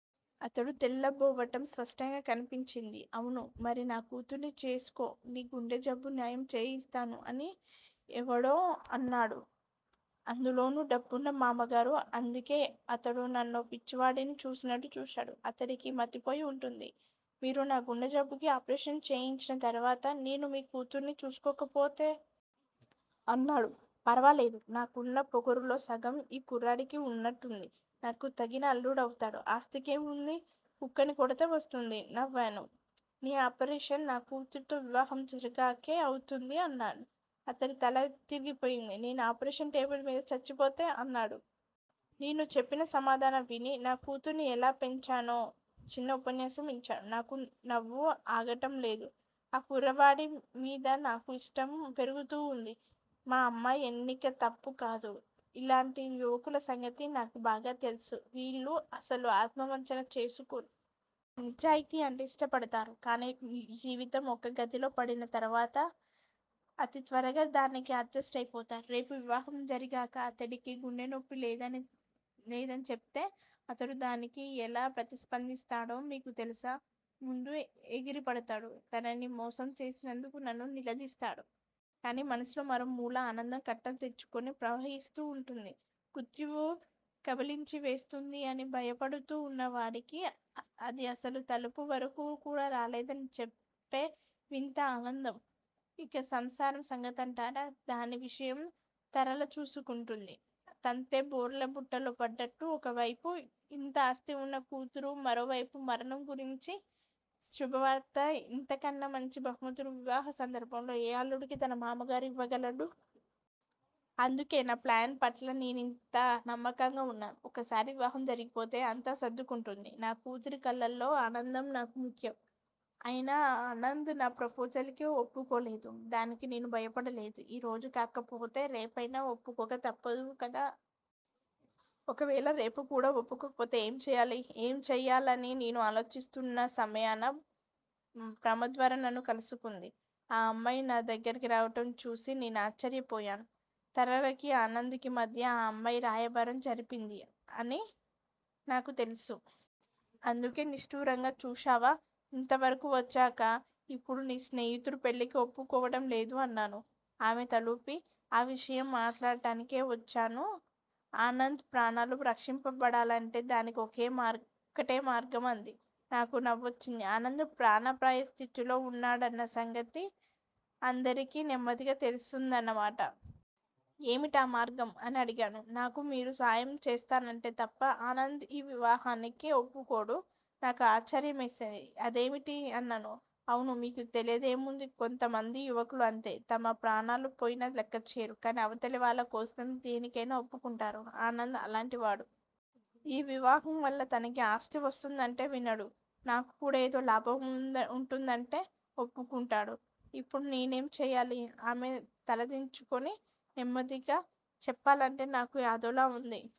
అతడు తెల్లబోవటం స్పష్టంగా కనిపించింది. అవును మరి నా కూతుర్ని చేసుకో నీ గుండెజబ్బు నయం చేయిస్తాను అని ఎవడూ అనడు. అందులోనూ డబ్బున్న మామగారు అందుకే అతడు నన్నో పిచ్చివాడిని చూసినట్టు చూశాడు. అతడికి మతిపోయి వుంటుంది. మీరు నా గుండెజబ్బుకి ఆపరేషన్ చేయించిన తరువాత నేను మీ కూతుర్ని చేసుకోకపోతే? అన్నాడు. ఫర్వాలేదు నాకున్న పొగరులో సగం ఈ కుర్రాడికి వునంట్టుంది. నాకు తగిన అల్లుడు అవుతాడు. ఆస్తికేం వుంది. కుక్కని కొడితే వస్తుంది. నవ్వేను. నీ ఆపరేషన్ నా కూతురితో వివాహం జరిగాకే అవుతుంది అన్నాడు. అతడి తల తిరిగిపోయింది. నేను ఆపరేషన్ టేబుల్ మీద చచ్చిపోతే అన్నాడు. నేను చెప్పిన సమాధానం విని- నా కూతుర్ని ఎలా పెంచాలో చిన్న ఉపన్యాసం ఇచ్చాడు. నాకు నవ్వు ఆగటంలేదు. ఈ కుర్రవాడి మీద నాకు కూడా ఇష్టం పెరుగుతూంది. మా అమ్మాయి ఎన్నిక తప్పుకాదు. ఇలాంటి యువకుల సంగతి నాకు బాగా తెలుసు. వీళ్ళు అసలు ఆత్మవంచన చేసుకోరు. నిజాయితీ అంటే ఇష్టపడతారు. కానీ జీవితం ఒక గదిలో పడిన తరువాత అతి త్వరగా డానికి అడ్జెస్ట్ అయిపోతారు. రేపు వివాహం జరిగాక అతడికి గుండె నొప్పి లేదని చెప్తే అతడు దానికి ఎలా ప్రతిస్పందిస్తాడో మీకు తెలుసా? ముందు ఎగిరిపడుతాడు. తనని మోసం చేసినందుకు నన్ను నిలదీస్తాడు. కానీ మనసులో మరో మూల ఆనందం కట్టలు తెంచుకుని ప్రవహిస్తూనే వుంటుంది. మృత్యువు కబళించివేస్తూంది అని భయపడుతూన్న వాడికి, అది అసలు తలుపు వరకూ కూడా రాలేదని చెప్తే వింత ఆనందం! ఇక సంసారం సంగతంటారా- దాని విషయం తరళ చూసుకుంటూంది. తంతే బూర్లె బుట్టలో పడ్డట్టు ఒకవైపు ఇంత ఆస్థివున్న కూతురు మరొకవైపు మరణం గురించిన శుభవార్త ఇంతకన్నా మంచి బహుమతులు వివాహసందర్భంలో ఏ అల్లుడికి తన మామగారు ఇవ్వగలడు? అందుకే నా ప్లాన్ పట్ల నేనింత నమ్మకంగా వున్నాను. ఒక్కసారి వివాహం జరిగిపోతే అంతా సర్దుకుంటుంది. నా కూతురి కళ్ళల్లో ఆనందం నాకు ముఖ్యం. అయినా ఆనంద్ నా ప్రపోజల్ కి వప్పుకోలేదు. దానికి నేను భయపడలేదు. ఈ రోజు కాకపోతే రేపయినా వప్పుకోక తప్పదు కదా! ఒకవేళ రేపు కూడా వప్పుకోకపోతే ఏం చెయ్యాలి? ఏం చెయ్యాలని నేను ఆలోచిస్తున్న సమయాన ప్రమద్వర నన్ను కలుసుకుంది. ఆ అమ్మాయి నా దగ్గిరికి రావటం చూసి నేను ఆశ్చర్యపోయాను. తరళకి ఆనంద్ కి మధ్య ఈ అమ్మాయి రాయబారం జరిపింది అని నాకు తెలుసు. అందుకే నిష్టూరంగా చూశావా-ఇంతవరకూ వచ్చాక ఇప్పుడు నీ స్నేహితుడు పెళ్ళికి వప్పుకోవటం లేదు అన్నాను. ఆమె తలూపి, ఆ విషయం మాట్లాడటానికే వచ్చాను. ఆనంద్ ప్రాణాలు రక్షింపబడాలంటే దానికి ఒకటే మార్గం అంది. నాకు నవ్వొచ్చింది. ఆనంద్ ప్రాణాపాయస్థితిలో వున్నాడన్న సమగతి అందరికీ నెమ్మదిగా తెలిస్తూందన్నమాట. ఏమిటా మార్గం? అని అడిగాను. నాకు మీరు సాయం చేస్తానంటే తప్ప ఆనంద్ ఈ వివాహానికి వప్పుకోడు. నాకు ఆశ్చర్యమేసింది. అదేమిటి? అన్నాను. అవును మీకు తెలియనిదేముంది? కొంతమంది యువకులు అంతే. తమ ప్రాణాలు పోయినా లెక్కచేయరు. కానీ అవతలివాళ్ళ కోసం దేనికైనా వప్పుకుంటారు. ఆనంద్ అలాటివాడు. ఈ వివాహంవల్ల తనకి ఆస్తి వస్తుందంటే వినడు. నాకు కూడా ఏదో లాభం వుంటుందంటే వప్పుకుంటాడు. ఇప్పుడు నేనేం చెయ్యాలి? ఆమె తలదించుకుని నెమ్మదిగా, చెప్పాలంటే నాకూ అదోలా వుంది.